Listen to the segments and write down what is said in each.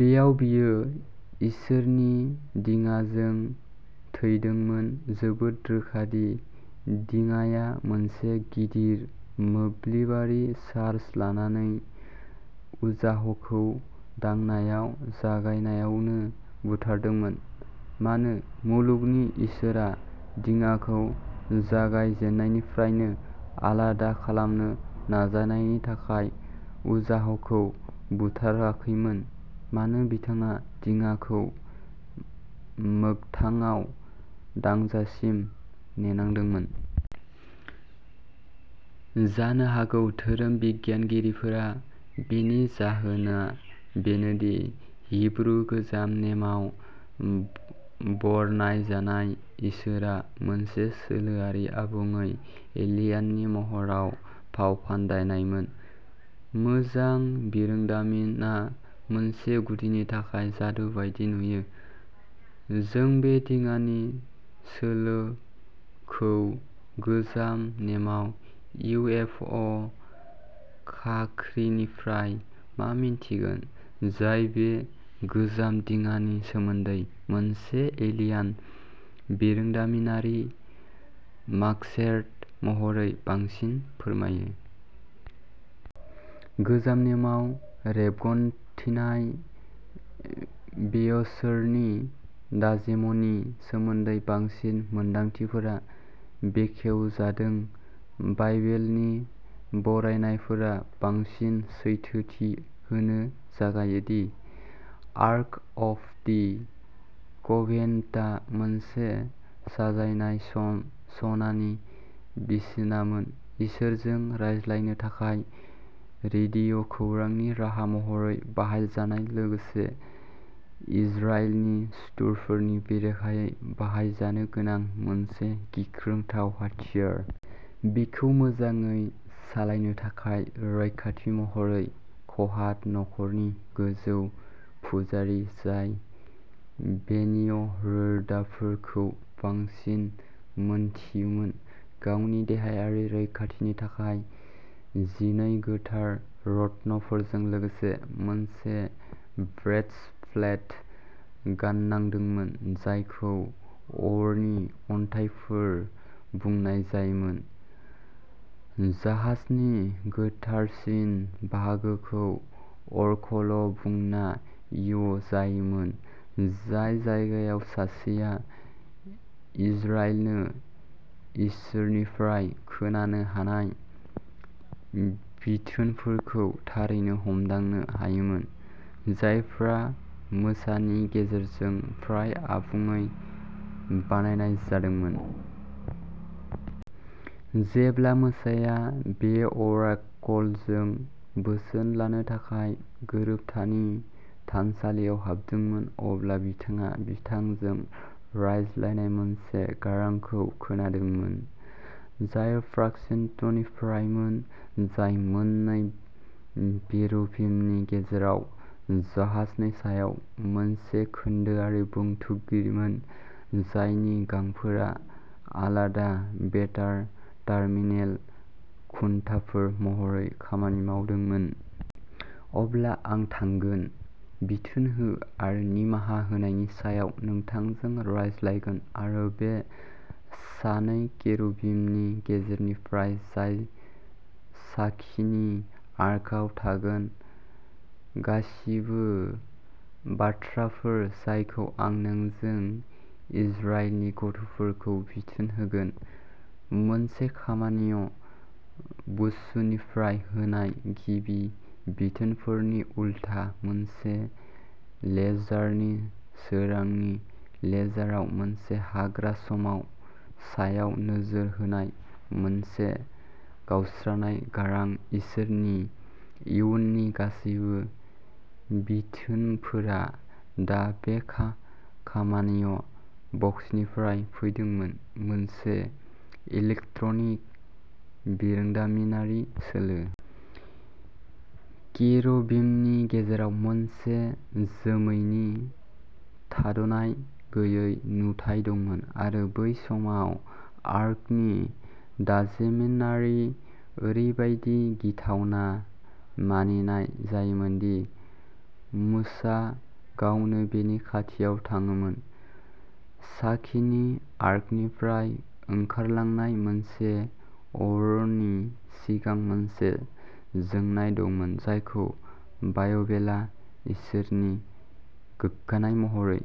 बैयाव बियो इसोरनि दिङाजों थैदोंमोन। "जोबोद रोखा दि दिङाया, मोनसे गिदिर मोब्लिबारि चार्ज लानानै, उजाहखौ दांनायाव जायगायावनो बुथारदोंमोन। मानो" मुलुगनि इसोर "आ, दिङाखौ जागाय जेननायनिफ्रायनो आलादा खालामनो नाजानायनि थाखाय उजाहखौ बुथाराखैमोन; मानो बिथाङा दिङाखौ मोगथाङाव दांजासिम नेनांदोंमोन? जानो हागौ, धोरोम बिगियानगिरिफोरा, बेनि जाहोना बेनो दि हिब्रु गोजाम नेमाव बरनायजानाय'इसोर'आ मोनसे सोलोआरि, आबुङै एलियननि महराव फावफान्दायनायमोन। मोजां बिरोंदामिनआ मोनसे गुदिनि थाखाय जादु बायदि नुयो। जों बे दिङानि'सोलो'खौ गोजाम नेमाव यु एफ अ खाख्रिनिफ्राय मा मिन्थिगोन, जाय बे गोजाम दिङानि सोमोन्दै मोनसे एलियन बिरोंदामिनारि मास्करेड महरै बांसिन फोरमायो? गोजाम नेमाव रेबगान्थिनाय, बे'इसोरनि दाजेम'नि सोमोन्दै बांसिन मोनदांथिफोरा बेखेवजादों; बाइबेलनि बरनायनायफोरा बांसिन सैथोथि होनो जागायो। दि आर्क अफ दि कभेनेन्टआ मोनसे साजायनाय सनानि बिसामोन। "इसोर" जों रायज्लायनो थाखाय रेडिय'खौरांनि राहा महरै बाहायजानाय लोगोसे इजराइलनि सुथुरफोरनि बेरेखायै बाहायजानो गोनां मोनसे गिख्रंथाव हाथियार। बेखौ मोजाङै सालायनो थाखाय, रैखाथि महरै, कहात नखरनि गोजौ फुजारि, जाय बेनि'रोदाफोर'खौ बांसिन मोनथियोमोन, गावनि देहायारि रैखाथिनि थाखाय जिनै गोथार रत्नफोरजों लोगोसे मोनसे ब्रेस्टप्लेट गाननांदोंमोन, जायखौ'अरनि अन्थाइफोर'बुंनाय जायोमोन। जाहाजनि'गोथारसिन'बाहागोखौ'अराकल'बुंनाय जायोमोन, जाय जायगायाव सासेआ इजराइलनो "इसोर" निफ्राय खोनानो हानाय बिथोनफोरखौ थारैनो हमदांनो हायोमोन, जायफ्रा मोसानि गेजेरजों फ्राय आबुङै बानायनाय जादोंमोन। जेब्ला मोसाया बे'अराकल'जों बोसोन लानो थाखाय गोरोबथानि थानसालियाव हाबदोंमोन, अब्ला बिथाङा बिथांजों रायज्लायनाय मोनसे गारांखौ खोनादोंमोन, जाय'प्रायश्चित्त'निफ्रायमोन, जाय मोन्नै केरुबिमनि गेजेराव जाहाजनि सायाव मोनसे खोन्दोआरि'बुंथिगिरि'मोन, जायनि गांफोरा आलादा बेटारि टार्मिनेल खुन्थाफोर महरै खामानि मावदोंमोन। "अब्ला आं थांगोन।" बिथोन हो, आरो निमाहा होनायनि सायाव नोंजों रायज्लायगोन, आरो बे सानै केरुबिमनि गेजेरनिफ्राय, जाय साखिनि आर्कआव थागोन, गासिबो बाथ्राफोर जायखौ आं नोंजों इजराइलनि गथ'फोरखौ बिथोन होगोन। "मोनसे'खामनाय बुश'निफ्राय होनाय गिबि बिथोनफोरनि उलथा, मोनसे लेजारनि सोरांनि लेजारआव मोनसे हाग्रा सायाव नोजोर होनाय मोनसे गावस्रानाय गारां," इसोरनि "इयुननि गासैबो बिथोनफोरा दा बे खा-'खामनाय'बक्सनिफ्राय फैदोंमोन, मोनसे इलेक्ट्रनिक बिरोंदामिनारि सोलो। केरुबिमनि गेजेराव मोनसे" जोमै "नि थाद'नाय गैयै नुथाइ दंमोन आरो बै समाव आर्कनि दाजेमारिखौ ओरैबादि गिथावना मानिनाय जायोमोन दि मूसाआ गावनो बेनि खाथियाव थाङामोन। साखिनि आर्कनिफ्राय ओंखारलांनाय मोनसे" अर "नि सिगां मोनसे" जोंनाय "दंमोन जायखौ बाइबेला" इसोरनि गोग्गानाय "महरै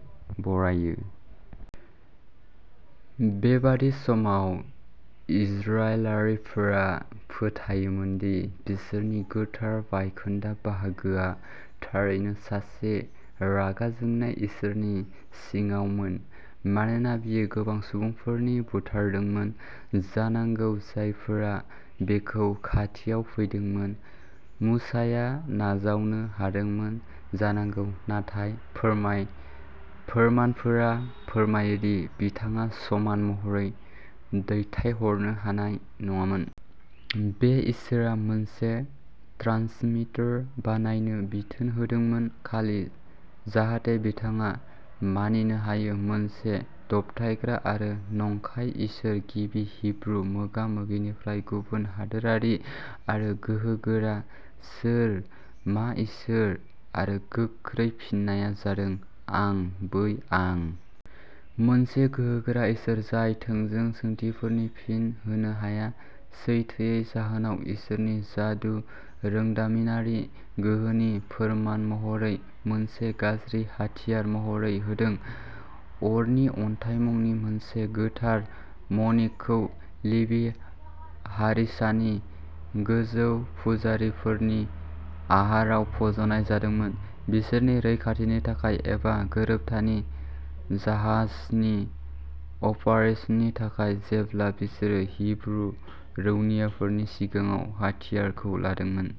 बरनायो। बेबादि समाव, इजराइलारिफोरा फोथायोमोन दि बिसोरनि गोथार बायखोन्दा बाहागोआ थारैनो सासे रागा जोंनाय इसोरनि सिङावमोन। मानोना बेयो गोबां सुबुंफोरखौ बुथारदोंमोन जानांगौ जायफोरा बेखौ खाथियाव फैदोंमोन। मुसाया "नाजावनो" हादोंमोन जानांगौ नाथाय फोरमाय फोरमानफोरा फोरमायो दि बिथाङा समान महरै "दैथायहरनो" हानाय नङामोन। बे इसोरआ, मोनसे ट्रान्स्मिटार बानायनो बिथोन होदोंमोन, खालि जाहाथे बिथाङा मानिनो हायो। मोनसे दबथायग्रा आरो नंखाय "इसोर", गिबि हिब्रु मोगा-मोगिनिफ्राय गुबुन हादोरारि आरो गोहोगोरा। "सोर, मा'इसोर'?", आरो गोख्रै फिननाया जादों, "आं बै आं।" मोनसे गोहोगोरा "इसोर" जाय थोंजों सोंथिफोरनि फिन होनो हाया, सैथोयै, जाहाजाव "इसोरनि" जादु रोंदामिनारि गोहोनि फोरमान महरै मोनसे गाज्रि हाथियार महर होदों। "अरनि अन्थाइ" मुंनि मोनसे गोथार मणिखौ लेभि हारिसानि गोजौ फुजारिफोरनि आहाराव फज'नाय जादोंमोन बिसोरनि रैखाथिनि थाखाय एबा "गोरोबथानि जाहाज" नि अपारेसननि थाखाय जेब्ला बिसोरो हिब्रु रौनियाफोरनि सिगाङाव हाथियारखौ लांदोंमोन।